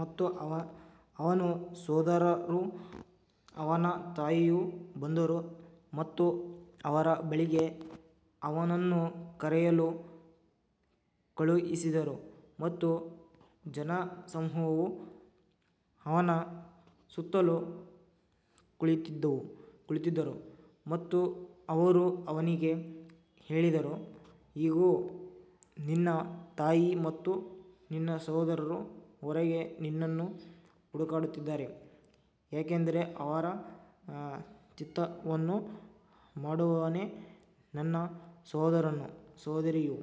ಮತ್ತು ಅವನ ಸಹೋದರರೂ ಅವನ ತಾಯಿಯೂ ಬಂದರು ಮತ್ತು ಅವನ ಬಳಿಗೆ ಅವನನ್ನು ಕರೆಯಲು ಕಳುಹಿಸಿದರು ಮತ್ತು ಜನಸಮೂಹವು ಅವನ ಸುತ್ತಲೂ ಕುಳಿತಿದ್ದರು ಮತ್ತು ಅವರು ಅವನಿಗೆ ಹೇಳಿದರು, ಇಗೋ, ನಿನ್ನ ತಾಯಿ ಮತ್ತು ನಿನ್ನ ಸಹೋದರರು ಹೊರಗೆ ನಿನ್ನನ್ನು ಹುಡುಕುತ್ತಿದ್ದಾರೆ. ಯಾಕಂದರೆ ದೇವರ ಚಿತ್ತವನ್ನು ಮಾಡುವವನೇ ನನ್ನ ಸಹೋದರನೂ ಸಹೋದರಿಯೂ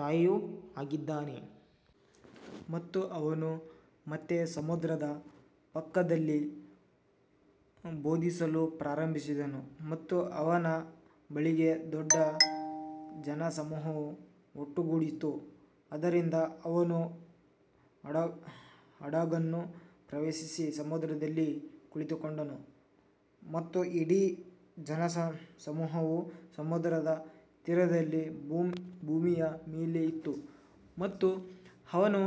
ತಾಯಿಯೂ ಆಗಿದ್ದಾನೆ. ಮತ್ತು ಅವನು ಮತ್ತೆ ಸಮುದ್ರದ ಪಕ್ಕದಲ್ಲಿ ಬೋಧಿಸಲು ಪ್ರಾರಂಭಿಸಿದನು ಮತ್ತು ಅವನ ಬಳಿಗೆ ದೊಡ್ಡ ಜನಸಮೂಹವು ಒಟ್ಟುಗೂಡಿತು, ಆದ್ದರಿಂದ ಅವನು ಹಡಗನ್ನು ಪ್ರವೇಶಿಸಿ ಸಮುದ್ರದಲ್ಲಿ ಕುಳಿತುಕೊಂಡನು ಮತ್ತು ಇಡೀ ಜನಸಮೂಹವು ಸಮುದ್ರದ ತೀರದಲ್ಲಿ ಭೂಮಿಯ ಮೇಲೆ ಇತ್ತು. ಮತ್ತು ಅವನು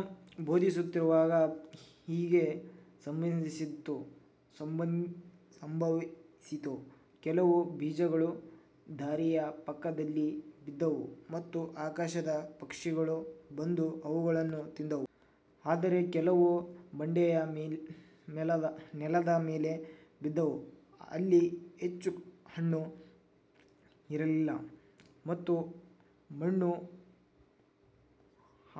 ಬೋಧಿಸುತ್ತಿರುವಾಗ ಹೀಗೆ ಸಂಭವಿಸಿತು, ಕೆಲವು ಬೀಜಗಳು ದಾರಿಯ ಪಕ್ಕದಲ್ಲಿ ಬಿದ್ದವು ಮತ್ತು ಆಕಾಶದ ಪಕ್ಷಿಗಳು ಬಂದು ಅವುಗಳನ್ನು ತಿಂದವು. ಆದರೆ ಕೆಲವು ಬಂಡೆಯ ನೆಲದ ಮೇಲೆ ಬಿದ್ದವು, ಅಲ್ಲಿ ಹೆಚ್ಚು ಮಣ್ಣು ಇರಲಿಲ್ಲ ಮತ್ತು ಮಣ್ಣು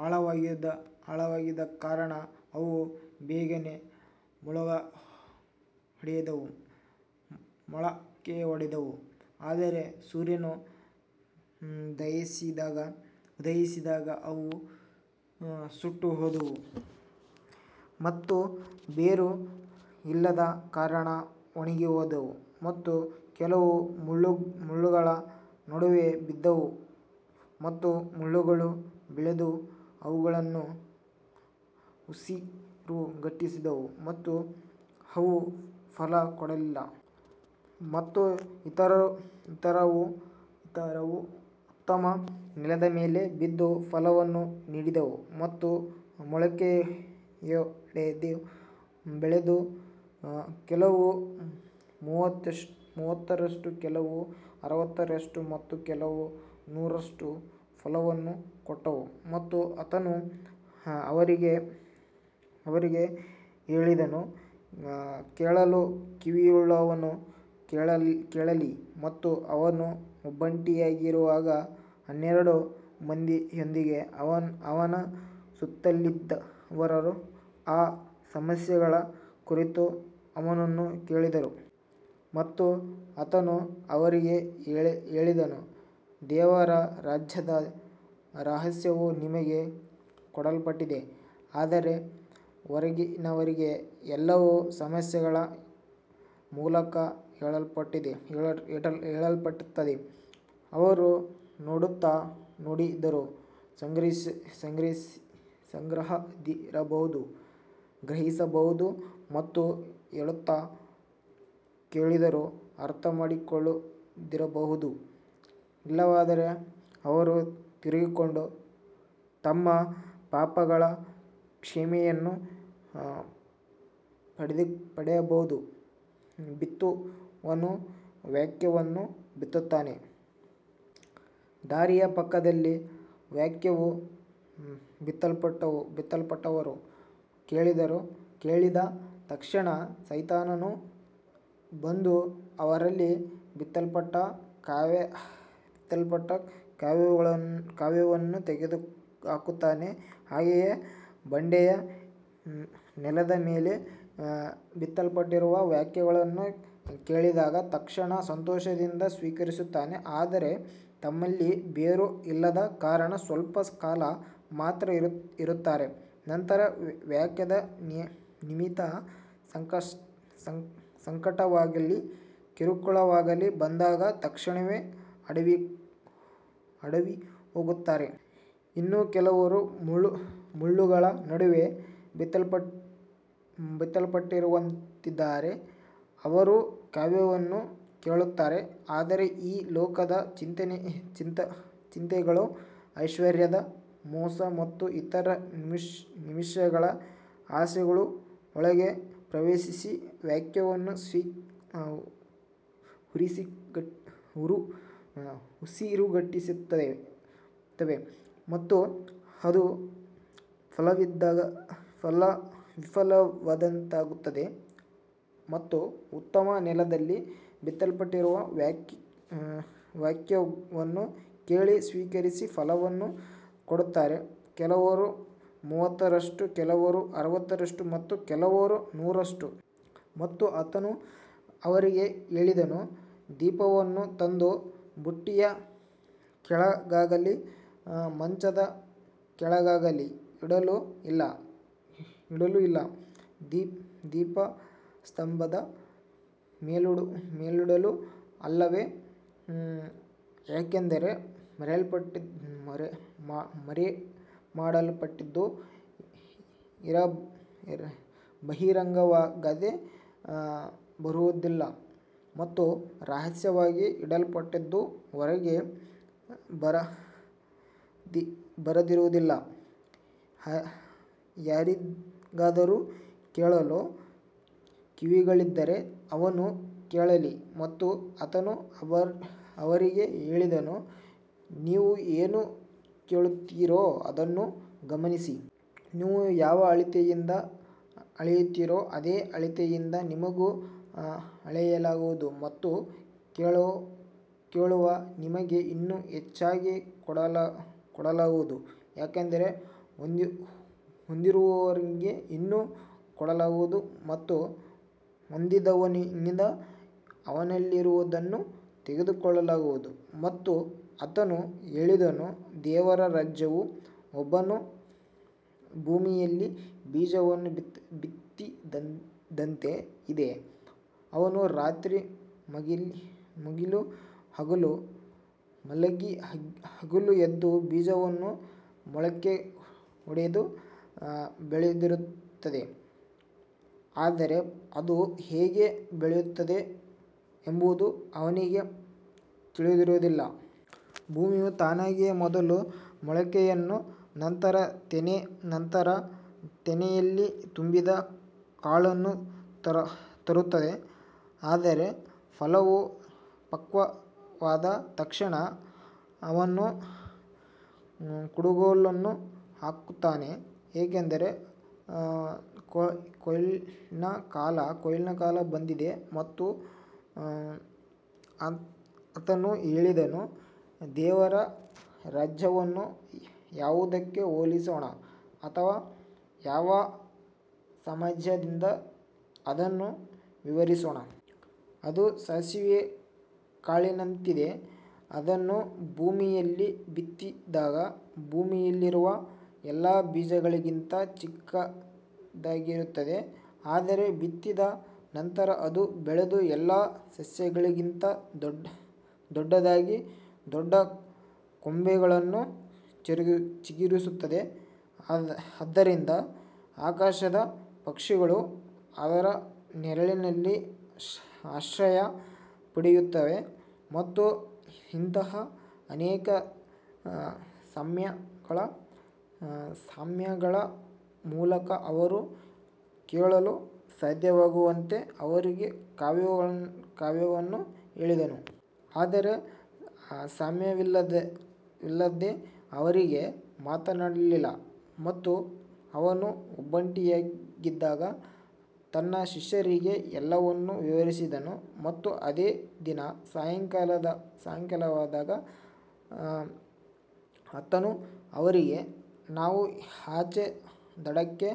ಆಳವಾಗಿರದ ಕಾರಣ ಅವು ಬೇಗನೆ ಮೊಳಕೆಯೊಡೆದವು. ಆದರೆ ಸೂರ್ಯನು ಉದಯಿಸಿದಾಗ ಅವು ಸುಟ್ಟುಹೋದವು ಮತ್ತು ಬೇರು ಇಲ್ಲದ ಕಾರಣ ಒಣಗಿಹೋದವು. ಮತ್ತು ಕೆಲವು ಮುಳ್ಳುಗಳ ನಡುವೆ ಬಿದ್ದವು ಮತ್ತು ಮುಳ್ಳುಗಳು ಬೆಳೆದು ಅವುಗಳನ್ನು ಉಸಿರುಗಟ್ಟಿಸಿದವು ಮತ್ತು ಅವು ಫಲ ಕೊಡಲಿಲ್ಲ. ಮತ್ತು ಇತರವು ಉತ್ತಮ ನೆಲದ ಮೇಲೆ ಬಿದ್ದು ಫಲವನ್ನು ನೀಡಿದವು, ಅವು ಮೊಳಕೆಯೊಡೆದು ಬೆಳೆದು ಕೆಲವು ಮೂವತ್ತರಷ್ಟು, ಕೆಲವು ಅರವತ್ತರಷ್ಟು ಮತ್ತು ಕೆಲವು ನೂರರಷ್ಟು ಫಲವನ್ನು ಕೊಟ್ಟವು. ಮತ್ತು ಆತನು ಅವರಿಗೆ ಹೇಳಿದನು, ಕೇಳಲು ಕಿವಿಯುಳ್ಳವನು ಕೇಳಲಿ. ಮತ್ತು ಅವನು ಒಬ್ಬಂಟಿಯಾಗಿರುವಾಗ ಹನ್ನೆರಡು ಮಂದಿಯೊಂದಿಗೆ ಅವನ ಸುತ್ತಲಿದ್ದವರು ಆ ಸಾಮ್ಯಗಳ ಕುರಿತು ಅವನನ್ನು ಕೇಳಿದರು. ಮತ್ತು ಆತನು ಅವರಿಗೆ ಹೇಳಿದನು, ದೇವರ ರಾಜ್ಯದ ರಹಸ್ಯವು ನಿಮಗೆ ಕೊಡಲ್ಪಟ್ಟಿದೆ, ಆದರೆ ಹೊರಗಿನವರಿಗೆ ಎಲ್ಲವೂ ಸಾಮ್ಯಗಳ ಮೂಲಕ ಹೇಳಲ್ಪಡುತ್ತದೆ, ಅವರು ನೋಡುತ್ತಾ ನೋಡಿದರೂ ಗ್ರಹಿಸದಿರಬಹುದು ಮತ್ತು ಕೇಳುತ್ತಾ ಕೇಳಿದರೂ ಅರ್ಥಮಾಡಿಕೊಳ್ಳದಿರಬಹುದು, ಇಲ್ಲವಾದರೆ ಅವರು ತಿರುಗಿಕೊಂಡು ತಮ್ಮ ಪಾಪಗಳ ಕ್ಷಮೆಯನ್ನು ಪಡೆಯಬಹುದು. ಬಿತ್ತುವವನು ವಾಕ್ಯವನ್ನು ಬಿತ್ತುತ್ತಾನೆ. ದಾರಿಯ ಪಕ್ಕದಲ್ಲಿ ವಾಕ್ಯವು ಬಿತ್ತಲ್ಪಟ್ಟವರು ಕೇಳಿದ ತಕ್ಷಣ ಸೈತಾನನು ಬಂದು ಅವರಲ್ಲಿ ಬಿತ್ತಲ್ಪಟ್ಟ ವಾಕ್ಯವನ್ನು ತೆಗೆದುಹಾಕುತ್ತಾನೆ. ಹಾಗೆಯೇ ಬಂಡೆಯ ನೆಲದ ಮೇಲೆ ಬಿತ್ತಲ್ಪಟ್ಟವರು ವಾಕ್ಯವನ್ನು ಕೇಳಿದಾಗ ತಕ್ಷಣ ಸಂತೋಷದಿಂದ ಸ್ವೀಕರಿಸುತ್ತಾರೆ. ಆದರೆ ತಮ್ಮಲ್ಲಿ ಬೇರು ಇಲ್ಲದ ಕಾರಣ ಸ್ವಲ್ಪ ಕಾಲ ಮಾತ್ರ ಇರುತ್ತಾರೆ, ನಂತರ ವಾಕ್ಯದ ನಿಮಿತ್ತ ಸಂಕಟವಾಗಲಿ ಕಿರುಕುಳವಾಗಲಿ ಬಂದಾಗ ತಕ್ಷಣವೇ ಎಡವಿಹೋಗುತ್ತಾರೆ. ಇನ್ನೂ ಕೆಲವರು ಮುಳ್ಳುಗಳ ನಡುವೆ ಬಿತ್ತಲ್ಪಟ್ಟವರಂತಿದ್ದಾರೆ, ಅವರು ವಾಕ್ಯವನ್ನು ಕೇಳುತ್ತಾರೆ, ಆದರೆ ಈ ಲೋಕದ ಚಿಂತೆಗಳು, ಐಶ್ವರ್ಯದ ಮೋಸ ಮತ್ತು ಇತರ ವಿಷಯಗಳ ಆಸೆಗಳು ಒಳಗೆ ಪ್ರವೇಶಿಸಿ ವಾಕ್ಯವನ್ನು ಉಸಿರುಗಟ್ಟಿಸುತ್ತವೆ ಮತ್ತು ಅದು ಫಲವಿಲ್ಲದಂತಾಗುತ್ತದೆ. ಮತ್ತು ಉತ್ತಮ ನೆಲದಲ್ಲಿ ಬಿತ್ತಲ್ಪಟ್ಟವರು ವಾಕ್ಯವನ್ನು ಕೇಳಿ ಸ್ವೀಕರಿಸಿ ಫಲವನ್ನು ಕೊಡುತ್ತಾರೆ, ಕೆಲವರು ಮೂವತ್ತರಷ್ಟು, ಕೆಲವರು ಅರವತ್ತರಷ್ಟು ಮತ್ತು ಕೆಲವರು ನೂರರಷ್ಟು. ಮತ್ತು ಆತನು ಅವರಿಗೆ ಹೇಳಿದನು, ದೀಪವನ್ನು ತಂದು ಬುಟ್ಟಿಯ ಕೆಳಗಾಗಲಿ ಮಂಚದ ಕೆಳಗಾಗಲಿ ಇಡಲು ಅಲ್ಲ, ದೀಪಸ್ತಂಭದ ಮೇಲಿಡಲು ಅಲ್ಲವೇ. ಯಾಕಂದರೆ ಮರೆಮಾಡಲ್ಪಟ್ಟದ್ದು ಬಹಿರಂಗವಾಗದೆ ಇರುವುದಿಲ್ಲ ಮತ್ತು ರಹಸ್ಯವಾಗಿ ಇಡಲ್ಪಟ್ಟದ್ದು ಹೊರಗೆ ಬಾರದಿರುವುದಿಲ್ಲ. ಯಾರಿಗಾದರೂ ಕೇಳಲು ಕಿವಿಗಳಿದ್ದರೆ ಅವನು ಕೇಳಲಿ. ಮತ್ತು ಆತನು ಅವರಿಗೆ ಹೇಳಿದನು, ನೀವು ಏನು ಕೇಳುತ್ತೀರೋ ಅದನ್ನು ಗಮನಿಸಿ. ನೀವು ಯಾವ ಅಳತೆಯಿಂದ ಅಳೆಯುತ್ತೀರೋ ಅದೇ ಅಳತೆಯಿಂದ ನಿಮಗೂ ಅಳೆಯಲಾಗುವುದು ಮತ್ತು ಕೇಳುವ ನಿಮಗೆ ಇನ್ನೂ ಹೆಚ್ಚಾಗಿ ಕೊಡಲಾಗುವುದು. ಯಾಕಂದರೆ ಹೊಂದಿರುವವನಿಗೆ ಇನ್ನೂ ಕೊಡಲಾಗುವುದು ಮತ್ತು ಹೊಂದಿರದವನಿಂದ ಅವನಲ್ಲಿರುವುದನ್ನೂ ತೆಗೆದುಕೊಳ್ಳಲಾಗುವುದು. ಮತ್ತು ಆತನು ಹೇಳಿದನು, ದೇವರ ರಾಜ್ಯವು ಒಬ್ಬನು ಭೂಮಿಯಲ್ಲಿ ಬೀಜವನ್ನು ಬಿತ್ತಿದಂತೆ ಇದೆ. ಅವನು ರಾತ್ರಿ ಮಲಗಿ ಹಗಲು ಎದ್ದು, ಬೀಜವು ಮೊಳಕೆಯೊಡೆದು ಬೆಳೆದುಬರುತ್ತದೆ, ಆದರೆ ಅದು ಹೇಗೆ ಬೆಳೆಯುತ್ತದೆ ಎಂಬುದು ಅವನಿಗೆ ತಿಳಿದಿರುವುದಿಲ್ಲ. ಭೂಮಿಯು ತಾನಾಗಿಯೇ ಮೊದಲು ಮೊಳಕೆಯನ್ನು, ನಂತರ ತೆನೆ, ನಂತರ ತೆನೆಯಲ್ಲಿ ತುಂಬಿದ ಕಾಳನ್ನು ತರುತ್ತದೆ. ಆದರೆ ಫಲವು ಪಕ್ವವಾದ ತಕ್ಷಣ ಅವನು ಕುಡುಗೋಲನ್ನು ಹಾಕುತ್ತಾನೆ, ಏಕೆಂದರೆ ಕೊಯ್ಲಿನ ಕಾಲ ಬಂದಿದೆ. ಮತ್ತು ಆತನು ಹೇಳಿದನು, ದೇವರ ರಾಜ್ಯವನ್ನು ಯಾವುದಕ್ಕೆ ಹೋಲಿಸೋಣ, ಅಥವಾ ಯಾವ ಸಾಮ್ಯದಿಂದ ಅದನ್ನು ವಿವರಿಸೋಣ. ಅದು ಸಾಸಿವೆ ಕಾಳಿನಂತಿದೆ, ಅದನ್ನು ಭೂಮಿಯಲ್ಲಿ ಬಿತ್ತಿದಾಗ ಭೂಮಿಯಲ್ಲಿರುವ ಎಲ್ಲಾ ಬೀಜಗಳಿಗಿಂತ ಚಿಕ್ಕದಾಗಿರುತ್ತದೆ. ಆದರೆ ಬಿತ್ತಿದ ನಂತರ ಅದು ಬೆಳೆದು ಎಲ್ಲಾ ಸಸ್ಯಗಳಿಗಿಂತ ದೊಡ್ಡದಾಗಿ, ದೊಡ್ಡ ಕೊಂಬೆಗಳನ್ನು ಚಿಗುರಿಸುತ್ತದೆ, ಆದ್ದರಿಂದ ಆಕಾಶದ ಪಕ್ಷಿಗಳು ಅದರ ನೆರಳಿನಲ್ಲಿ ಆಶ್ರಯ ಪಡೆಯುತ್ತವೆ. ಮತ್ತು ಇಂತಹ ಅನೇಕ ಸಾಮ್ಯಗಳ ಮೂಲಕ ಅವರು ಕೇಳಲು ಸಾಧ್ಯವಾಗುವಂತೆ ಅವರಿಗೆ ವಾಕ್ಯವನ್ನು ಹೇಳಿದನು. ಆದರೆ ಸಾಮ್ಯವಿಲ್ಲದೆ ಅವರಿಗೆ ಮಾತನಾಡಲಿಲ್ಲ. ಮತ್ತು ಅವರು ಒಬ್ಬಂಟಿಯಾಗಿದ್ದಾಗ ತನ್ನ ಶಿಷ್ಯರಿಗೆ ಎಲ್ಲವನ್ನೂ ವಿವರಿಸಿದನು. ಮತ್ತು ಅದೇ ದಿನ ಸಾಯಂಕಾಲವಾದಾಗ ಆತನು ಅವರಿಗೆ, ನಾವು ಆಚೆ ದಡಕ್ಕೆ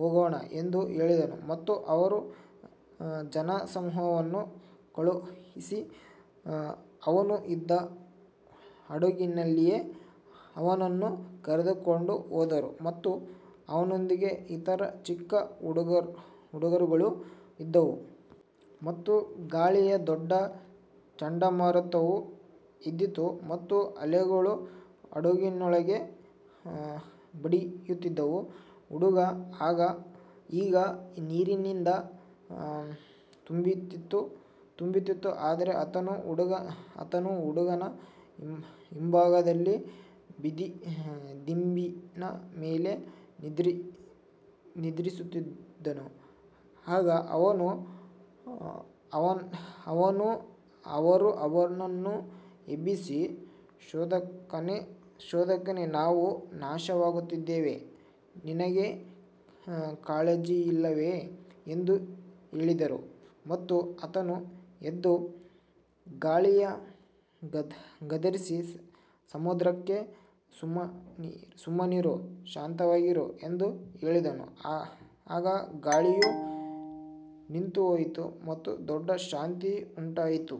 ಹೋಗೋಣ ಎಂದು ಹೇಳಿದನು. ಮತ್ತು ಅವರು ಜನಸಮೂಹವನ್ನು ಕಳುಹಿಸಿ, ಅವರು ಇದ್ದ ಹಡಗಿನಲ್ಲಿಯೇ ಅವನನ್ನು ಕರೆದುಕೊಂಡು ಹೋದರು ಮತ್ತು ಅವನೊಂದಿಗೆ ಇತರ ಚಿಕ್ಕ ಹಡಗುಗಳೂ ಇದ್ದವು. ಮತ್ತು ಗಾಳಿಯ ದೊಡ್ಡ ಚಂಡಮಾರುತವು ಎದ್ದಿತು ಮತ್ತು ಅಲೆಗಳು ಹಡಗಿನೊಳಗೆ ಬಡಿಯುತ್ತಿದ್ದವು, ಹಡಗು ಈಗ ನೀರಿನಿಂದ ತುಂಬುತ್ತಿತ್ತು. ಆದರೆ ಆತನು ಹಡಗಿನ ಹಿಂಭಾಗದಲ್ಲಿ ದಿಂಬಿನ ಮೇಲೆ ನಿದ್ರಿಸುತ್ತಿದ್ದನು. ಆಗ ಅವರು ಅವನನ್ನು ಎಬ್ಬಿಸಿ, ಬೋಧಕನೇ, ನಾವು ನಾಶವಾಗುತ್ತಿದ್ದೇವೆ, ನಿನಗೆ ಕಾಳಜಿಯಿಲ್ಲವೇ ಎಂದು ಹೇಳಿದರು. ಮತ್ತು ಆತನು ಎದ್ದು ಗಾಳಿಯನ್ನು ಗದರಿಸಿ ಸಮುದ್ರಕ್ಕೆ, ಸುಮ್ಮನಿರು, ಶಾಂತವಾಗಿರು ಎಂದು ಹೇಳಿದನು. ಆಗ ಗಾಳಿಯು ನಿಂತುಹೋಯಿತು ಮತ್ತು ದೊಡ್ಡ ಶಾಂತಿ ಉಂಟಾಯಿತು.